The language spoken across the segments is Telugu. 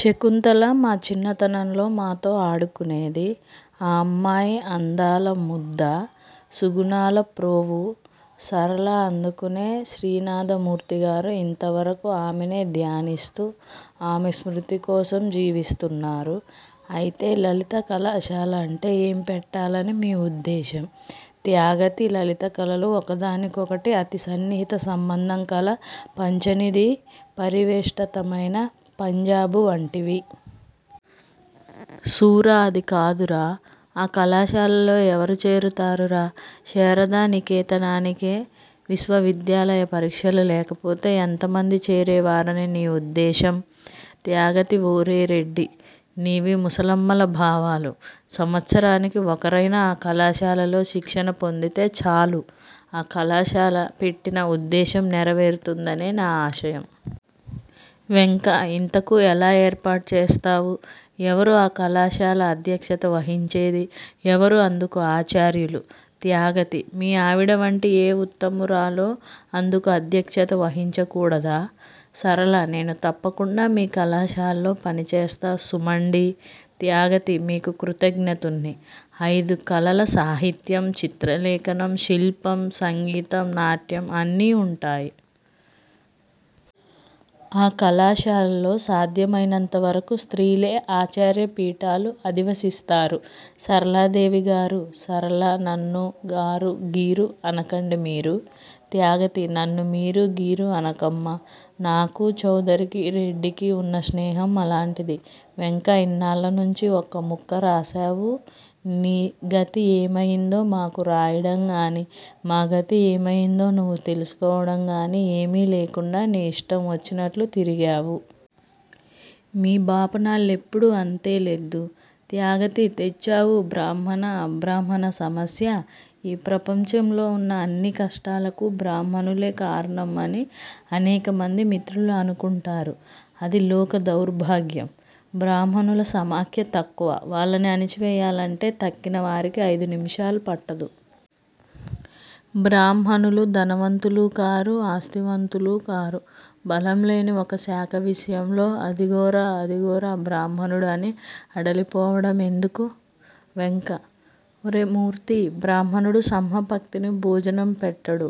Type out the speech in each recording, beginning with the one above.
శకుంతల మా చిన్నతనంలో మాతో ఆడుకొనేది. ఆ అమ్మాయి అందాలముద్ద. సుగుణాల ప్రోవు. సరళ అందుకనే శ్రీనాథమూర్తిగారు ఇంతవరకు ఆమెనే ధ్యానిస్తూ, ఆమె స్మృతికోసం జీవిస్తున్నారు. అయితే లలిత కళాశాల అంటే ఏం పెట్టాలని మీ ఉద్దేశం? త్యాగతి లలిత కళలు ఒకదానికొకటి అతి సన్నిహిత సంబంధం కల పంచనిదీ పరివేష్టితమైన పంజాబు వంటివి. సూర అది కాదురా. ఆ కళాశాలలో ఎవరు చేరుతారురా! శారదానికేతనానికే, విశ్వవిద్యాలయ పరీక్షలు లేకపోతే ఎంతమంది చేరే వారని నీ ఉద్దేశం? త్యాగతి ఒరే రెడ్డీ, నీవి ముసలమ్మల భావాలు. సంవత్సరానికి ఒకరైనా ఆ కళాశాలలో శిక్షణ పొందితే చాలు, ఆ కళాశాల పెట్టిన ఉద్దేశం నెరవేరుతుందనే నా ఆశయం. వెంక ఇంతకూ ఏలా ఏర్పాటు చేస్తావు? ఎవరు ఆ కళాశాల అధ్యక్షత వహించేది? ఎవరు అందుకు ఆచార్యులు? త్యాగతి మీ ఆవిడవంటి ఏ ఉత్తమురాలో అందుకు అధ్యక్షత వహించకూడదా? సరళ నేను తప్పకుండా మీ కళాశాలలో పనిచేస్తా సుమండీ. త్యాగతి మీకు కృతజ్ఞున్ని. అయిదు కళలు సాహిత్యం, చిత్ర లేఖనం, శిల్పం, సంగీతం, నాట్యం అన్నీ వుంటాయి. ఆ కళాశాలలో సాధ్యమయినంతవరకు స్త్రీలే ఆచార్య పీఠాలు అధివసిస్తారు సరళాదేవి గారూ సరళ నన్ను గారూ గీరూ అనకండి మీరు. త్యాగతి నన్ను మీరూ గీరూ అనకమ్మా! నాకూ, చౌదరికి, రెడ్డికి వున్న స్నేహం అలాంటిది. వెంక ఇన్నాళ్ళనుంచీ ఒక ముక్క రాశావూ! నీగతి ఏమయిందో మాకు రాయడంగాని, మా గతి ఏమయిందో నువ్వు తెలిసికోడంగాని ఏమీ లేకుండా నీ ఇష్టం వచ్చినట్లు తిరిగావు. మీ బాపనాళ్ళెప్పుడూ అంతే లెద్దూ. త్యాగతి తెచ్చావు బ్రాహ్మణ అభ్రాహ్మణ సమస్య! ఈ ప్రపంచంలో ఉన్న అన్ని కష్టాలకూ బ్రాహ్మణులే కారణం అని అనేకమంది మిత్రులు అనుకుంటారు. అధి లోక దౌర్భాగ్యం. బ్రాహ్మణుల సమాఖ్య తక్కువ. వాళ్ళని అణచి వెయ్యాలంటే తక్కినవారికి అయిదు నిమిషాలు పట్టదు. బ్రాహ్మణులు ధనవంతులూ కారు, ఆస్తివంతులూ కారు. బలంలేని ఒక శాఖ విషయంలో అదిగోరా! అధిగోరా! బ్రాహ్మణుడు అని అడలిపోవడం ఎందుకు? వెంక: ఒరే మూర్తీ, బ్రాహ్మణుడు సహపంక్తిని భోజనం పెట్టడు.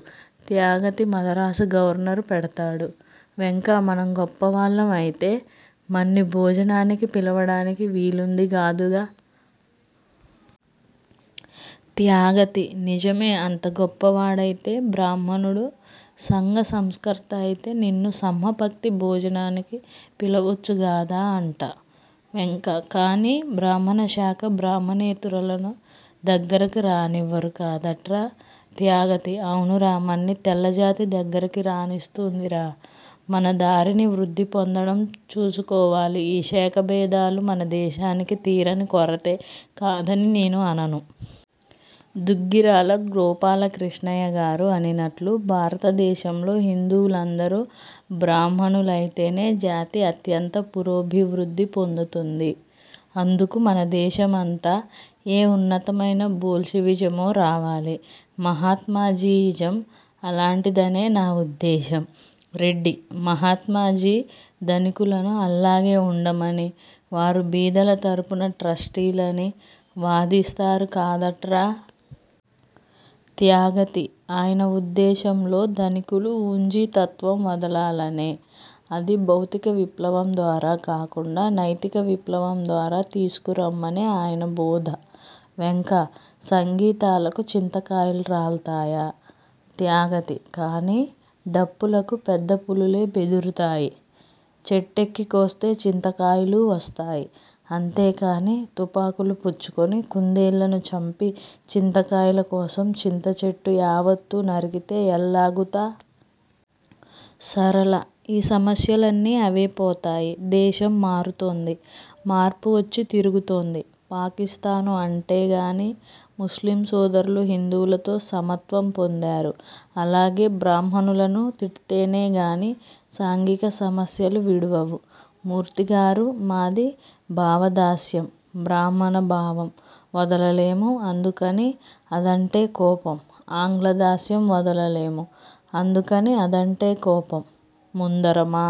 త్యాగతి మదరాసు గవర్నరు పెడ్తాడూ! వెంక మనం గొప్పవాళ్ళం అయితే, మన్ని భోజనానికి పిలవడానికి వీలుందిగాదురా? త్యాగతి: నిజమే, అంత గొప్పవాడవైతే, బ్రాహ్మణుడు సంఘ సంస్కర్త అయితే నిన్ను సహపంక్తి భోజనానికి పిలవవచ్చుగాదా అంట! వెంక కాని బ్రాహ్మణశాఖ బ్రాహ్మణేతరులను దగ్గరకు రానివ్వరు కాదట్రా. త్యాగతి: అవునురా, మన్ని తెల్లజాతి దగ్గరకు రానిస్తూందిరా? మన దారిని వృద్దిపొందడం చూచుకోవాలి ఈ శాఖాభేదాలు మన దేశానికి తీరని కొరతే, కాదని నేను అనను. దుగ్గిరాల గోపాలకృష్ణయ్యగారు అనినట్లు భారత దేశంలో హిందువులందరూ బ్రాహ్మణులైతేనే జాతి అత్యంత పురోభివృద్ది పొందుతుంది. అందుకు మనదేశం అంతా ఏ ఉన్నతమైన బోల్షివిజమో రావాలి! మహాత్మాజీఇజం అల్లాంటిదనే నా ఉద్దేశం. రెడ్డి: మహాత్మాజీ ధనికులను అల్లాగే ఉండమని, వారు బీదల తరపున ట్రస్టీలని వాదిస్తారు కాదట్రా? త్యాగతి: ఆయన ఉద్దేశంలో ధనికులు వూంజీతత్వం వదలాలనే. అది భౌతికవిప్లవం ద్వారా కాకుండా నైతిక విప్లవం ద్వారా తీసుకురమ్మనే ఆయన బోధ! వెంక: సంగీతాలకు చింతకాయలు రాల్తాయా? త్యాగతి: కాని డప్పులకు పెద్దపులులే బెదురుతాయి. చెట్టెక్కికోస్తే చింతకాయలూ వస్తాయి. అంతేకాని తుపాకులు పుచ్చుకొని కుందేళ్ళను చంపి, చింతకాయలకోసం చింతచెట్టు యావత్తూ నరికితే ఎల్లాగుతా? సరళ: ఈ సమస్యలన్నీ అవేపోతాయి. దేశం మారుతోంది. మార్పు వచ్చి తిరుగుతోంది. పాకిస్తాను అంటేగాని, ముస్లిం సోదరులు హిందువులతో సమత్వం పొందారు. అలాగే బ్రాహ్మణులను తిడ్తేనేగాని సాంఘిక సమస్యలు విడవవు. మూర్తిగారూ, మాది భావదాస్యం. బ్రాహ్మణ బావం వదలలేము. అందుకని అదంటే కోపం. ఆంగ్లదాస్యం వదలలేము: అందుకని అదంటే కోపం. ముందరమా